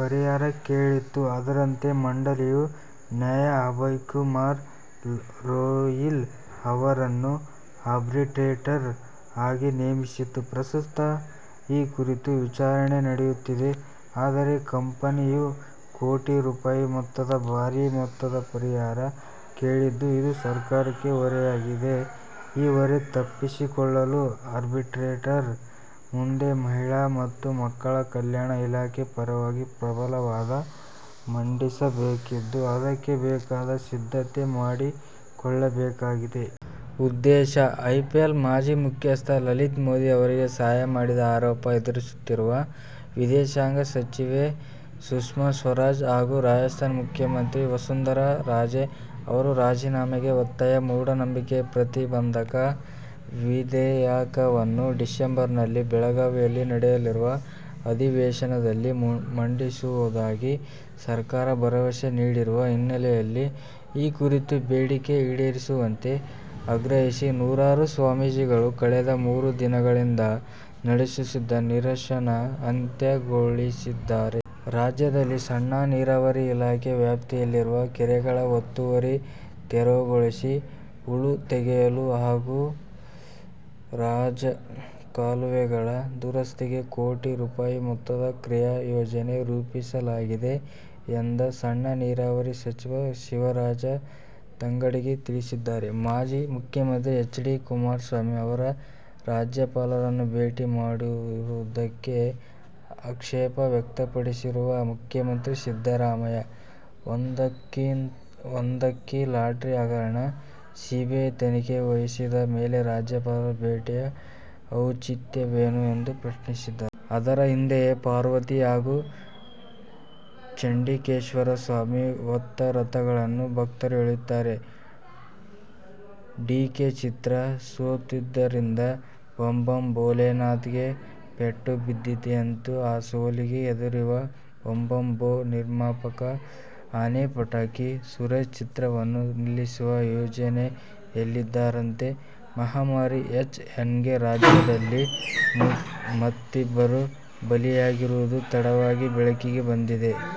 ಪರಿಹಾರ ಕೇಳಿತ್ತು. ಅದರಂತೆ ಮಂಡಳಿಯು ನ್ಯಾ. ಅಭಯ್ಕುಮಾರ್ ರೋಹಿಲ್ ಅವರನ್ನು ಆರ್ಬಿಟ್ರೇಟರ್ ಆಗಿ ನೇಮಿಸಿತ್ತು. ಪ್ರಸ್ತುತ ಈ ಕುರಿತು ವಿಚಾರಣೆ ನಡೆಯುತ್ತಿದೆ. ಆದರೆ, ಕಂಪನಿಯು ಕೋಟಿ ರೂ. ಮೊತ್ತದ ಭಾರೀ ಮೊತ್ತದ ಪರಿಹಾರ ಕೇಳಿದ್ದು, ಇದು ಸರ್ಕಾರಕ್ಕೆ ಹೊರೆಯಾಗಿದೆ. ಈ ಹೊರೆ ತಪ್ಪಿಸಿಕೊಳ್ಳಲು ಆರ್ಬಿಟ್ರೇಟರ್ ಮುಂದೆ ಮಹಿಳಾ ಮತ್ತು ಮಕ್ಕಳ ಕಲ್ಯಾಣ ಇಲಾಖೆ ಪರವಾಗಿ ಪ್ರಬಲ ವಾದ ಮಂಡಿಸಬೇಕಿದ್ದು, ಅದಕ್ಕೆ ಬೇಕಾದ ಸಿದ್ಧತೆ ಮಾಡಿ ಕೊಳ್ಳಬೇಕಾಗಿದೆ. ಉದ್ದೇಶ- ಐಪಿಎಲ್ ಮಾಜಿ ಮುಖ್ಯಸ್ಥ ಲಲಿತ್ ಮೋದಿ ಅವರಿಗೆ ಸಹಾಯ ಮಾಡಿದ ಆರೋಪ ಎದುರಿಸುತ್ತಿರುವ ವಿದೇಶಾಂಗ ಸಚಿವೆ ಸುಷ್ಮಾ ಸ್ವರಾಜ್ ಹಾಗೂ ರಾಜಸ್ಥಾನ ಮುಖ್ಯಮಂತ್ರಿ ವಸುಂಧರಾ ರಾಜೇ ಅವರ ರಾಜೀನಾಮೆಗೆ ಒತ್ತಾಯ. ಮೂಢನಂಬಿಕೆ ಪ್ರತಿಬಂಧಕ ವಿಧೇಯಕವನ್ನು ಡಿಸೆಂಬರ್ನಲ್ಲಿ ಬೆಳಗಾವಿಯಲ್ಲಿ ನಡೆಯಲಿರುವ ಅಧಿವೇಶನದಲ್ಲಿ ಮಂಡಿಸುವುದಾಗಿ ಸರ್ಕಾರ ಭರವಸೆ ನೀಡಿರುವ ಹಿನ್ನೆಲೆಯಲ್ಲಿ ಈ ಕುರಿತ ಬೇಡಿಕೆ ಈಡೇರಿಸುವಂತೆ ಆಗ್ರಹಿಸಿ ನೂರಾರು ಸ್ವಾಮೀಜಿಗಳು ಕಳೆದ ಮೂರು ದಿನಗಳಿಂದ ನಡೆಸುತ್ತಿದ್ದ ನಿರಶನ ಅಂತ್ಯಗೊಳಿಸಿದ್ದಾರೆ. ರಾಜ್ಯದಲ್ಲಿ ಸಣ್ಣ ನೀರಾವರಿ ಇಲಾಖೆ ವ್ಯಾಪ್ತಿಯಲ್ಲಿರುವ ಕೆರೆಗಳ ಒತ್ತುವರಿ ತೆರವುಗೊಳಿಸಿ ಹೂಳು ತೆಗೆಯಲು ಹಾಗೂ ರಾಜಕಾಲುವೆಗಳ ದುರಸ್ತಿಗೆ ಕೋಟಿ ರೂ. ಮೊತ್ತದ ಕ್ರಿಯಾಯೋಜನೆ ರೂಪಿಸಲಾಗಿದೆ ಎಂದು ಸಣ್ಣ ನೀರಾವರಿ ಸಚಿವ ಶಿವರಾಜ್ ತಂಗಡಗಿ ತಿಳಿಸಿದ್ದಾರೆ. ಮಾಜಿ ಮುಖ್ಯಮಂತ್ರಿ ಎಚ್. ಡಿ. ಕುಮಾರಸ್ವಾಮಿ ಅವರು ರಾಜ್ಯಪಾಲರನ್ನು ಭೇಟಿ ಮಾಡಿರುವುದಕ್ಕೆ ಆಕ್ಷೇಪ ವ್ಯಕ್ತಪಡಿಸಿರುವ ಮುಖ್ಯಮಂತ್ರಿ ಸಿದ್ದರಾಮಯ್ಯ, "ಒಂದಂಕಿ ಲಾಟರಿ ಹಗರಣ ಸಿಬಿಐ ತನಿಖೆಗೆ ವಹಿಸಿದ ಮೇಲೆ ರಾಜ್ಯಪಾಲರ ಭೇಟಿಯ ಔಚಿತ್ಯವೇನು' ಎಂದು ಪ್ರಶ್ನಿಸಿದ್ದಾರೆ. ಅದರ ಹಿಂದೆಯೇ ಪಾರ್ವತಿ ಹಾಗೂ ಚಂಡಿಕೇಶ್ವರ ಸ್ವಾಮಿ ಹೊತ್ತ ರಥಗಳನ್ನು ಭಕ್ತರು ಎಳೆಯುತ್ತಾರೆ. ಡಿಕೆ ಚಿತ್ರ ಸೋತಿದ್ದರಿಂದ "ಭಂ ಭಂ ಭೋಲೇನಾಥ್'ಗೆ ಪೆಟ್ಟು ಬಿದ್ದಿದೆಯಂತೆ. ಆ ಸೋಲಿಗೆ ಹೆದರಿರುವ "ಭಂ ಭಂ ಭೋ' ನಿರ್ಮಾಪಕ "ಆನೆ ಪಟಾಕಿ' ಸುರೇಶ್, ಚಿತ್ರ ವನ್ನು ನಿಲ್ಲಿಸುವ ಯೋಚನೆಯಲ್ಲಿದ್ದಾರಂತೆ ಮಹಾಮಾರಿ ಎಚ್ ಎನ್ ಗೆ ರಾಜ್ಯದಲ್ಲಿ ಮತ್ತಿಬ್ಬರು ಬಲಿಯಾಗಿರುವುದು ತಡವಾಗಿ ಬೆಳಕಿಗೆ ಬಂದಿದೆ.